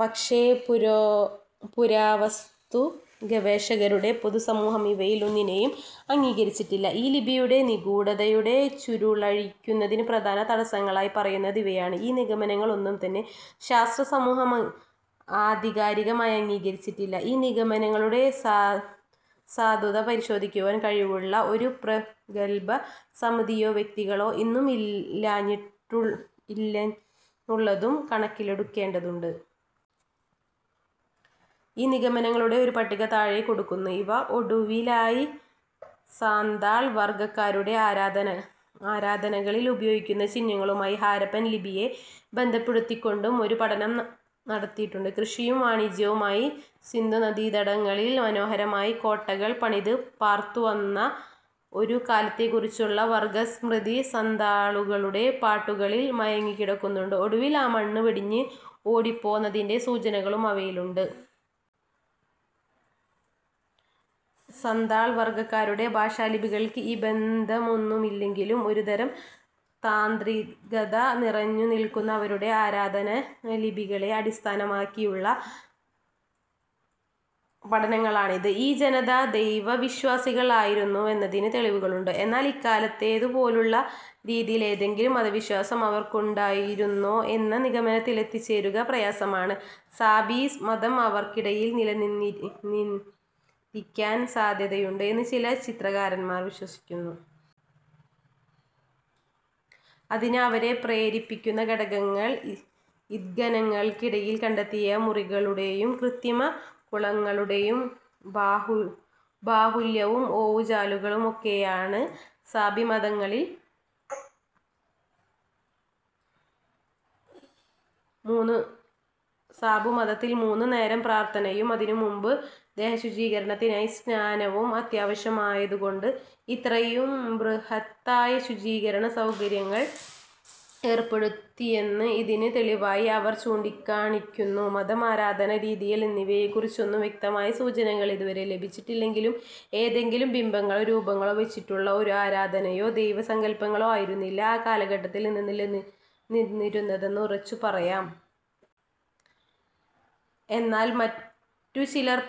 പക്ഷേ പുരാവസ്തുഗവേഷകരുടെ പൊതുസമൂഹം ഇവയിൽ ഒന്നിനെയും അംഗീകരിച്ചിട്ടില്ല. ഈ ലിപിയുടെ നിഗൂഢതയുടെ ചുരുളഴിക്കുന്നതിന് പ്രധാന തടസ്സങ്ങളായി പറയുന്നത് ഇവയാണ്: ഈ നിഗമനങ്ങൾ ഒന്നും തന്നെ ശാസ്ത്രസമൂഹം ആധികാരികമായി അംഗീകരിച്ചിട്ടില്ല. ഈ നിഗമനങ്ങളുടെ സാധുത പരിശോധിക്കുവാൻ കഴിവുള്ള ഒരു പ്രഗല്ഭ സമിതിയോ വ്യക്തികളോ ഇന്നും ഇല്ലെന്നുള്ളതും കണക്കിലെടുക്കേണ്ടതുണ്ട്. ഈ നിഗമനങ്ങളുടെ ഒരു പട്ടിക താഴെ കൊടുക്കുന്നു. ഏറ്റവും ഒടുവിലായി സാന്താൾവർഗ്ഗക്കാരുടെ ആരാധനകളിൽ ഉപയോഗിക്കുന്ന ചിഹ്നങ്ങളുമായി ഹരപ്പൻ ലിപിയെ ബന്ധപ്പെടുത്തിക്കൊണ്ടും ഒരു പഠനം നടന്നിട്ടുണ്ട്. കൃഷിയും വാണിജ്യവുമായി സിന്ധുനദീതടങ്ങളിൽ മനോഹരമായ കോട്ടകൾ പണിത് പാർത്തുവന്ന ഒരു കാലത്തെക്കുറിച്ചുള്ള വർഗസ്മൃതി സന്താളുകളുടെ പാട്ടുകളിൽ മയങ്ങിക്കിടക്കുന്നുണ്ട്. ഒടുവിൽ ആ മണ്ണ് വെടിഞ്ഞ് ഓടിപ്പോന്നതിന്റെ സൂചനകളും അവയിലുണ്ട്. സന്താൾ വർഗ്ഗക്കാരുടെ ഭാഷാലിപികൾക്ക് ഈ ബന്ധമൊന്നുമില്ലെങ്കിലും ഒരുതരം താന്ത്രികത നിറഞ്ഞുനിൽക്കുന്ന അവരുടെ ആരാധനാലിപികളെ അടിസ്ഥാനമാക്കിയുള്ള പഠനങ്ങളാണിത്. ഈ ജനത ദൈവവിശ്വാസികൾ ആയിരുന്നുവെന്നതിന് തെളിവുകളുണ്ട്. എന്നാൽ ഇക്കാലത്തേതുപോലെയുള്ള രീതിയിൽ ഏതെങ്കിലും മതവിശ്വാസം അവർക്കുണ്ടായിരുന്നോ എന്ന നിഗമനത്തിൽ എത്തിച്ചേരുക പ്രയാസമാണ്.. സാബി മതം അവർക്കിടയിൽ നിലനിന്നിരിക്കാൻ സാദ്ധ്യതയുണ്ട് എന്ന് ചില ചരിത്രകാരന്മാർ വിശ്വസിക്കുന്നു. അതിന് അവരെ പ്രേരിപ്പിക്കുന്ന ഘടകങ്ങൾ ഉത്ഖനനങ്ങൾക്കിടയിൽ കണ്ടെത്തിയ കുളിമുറികളുടേയും കൃത്രിമ കുളങ്ങളുടേയും ബാഹുല്യവും ഓവുചാലുകളുമൊക്കെയാണ്. സാബിമതത്തിൽ മൂന്നു നേരം പ്രാർത്ഥനയും അതിനു മുൻപ് ദേഹശുചീകരണത്തിനായി സ്നാനവും ആവശ്യമായിരുന്നതുകൊണ്ടാണ് ഇത്രയും ബൃഹത്തായ ശുചീകരണസൗകര്യങ്ങൾ ഏർപ്പെടുത്തിയതെന്ന് ഇതിന് തെളിവായി അവർ ചൂണ്ടിക്കാണിക്കുന്നു. മതം ആരാധനാ രീതികൾ എന്നിവയെക്കുറിച്ചൊന്നും വ്യക്തമായ സൂചനകൾ ഇതുവരെ ലഭിച്ചിട്ടില്ലെങ്കിലും ഏതെങ്കിലും ബിംബങ്ങളോ രൂപങ്ങളോ വെച്ചുകൊണ്ടുള്ള ഒരു ആരാധനയോ ദൈവ സങ്കൽപങ്ങളോ ആയിരുന്നില്ല ആ കാലഘട്ടങ്ങളിൽ നിലനിന്നിരുന്നതെന്ന് ഉറപ്പിച്ചു പറയാം. എന്നാൽ മറ്റു ചിലർ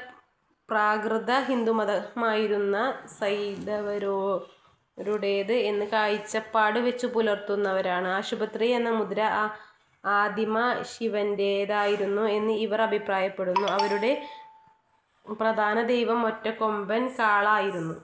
പ്രാകൃത ഹിന്ദുമതമായിരുന്നു സൈന്ധവരുടേത് എന്ന കാഴ്ചപ്പാട് വെച്ചു പുലർത്തുന്നവരാണ്.. പശുപതി എന്ന മുദ്ര ആദിമ ശിവന്റേതായിരുന്നു എന്ന് ഇവർ അഭിപ്രായപ്പെടുന്നു. അവരുടെ പ്രധാന ദൈവം ഒറ്റക്കൊമ്പൻ കാള ആയിരുന്നു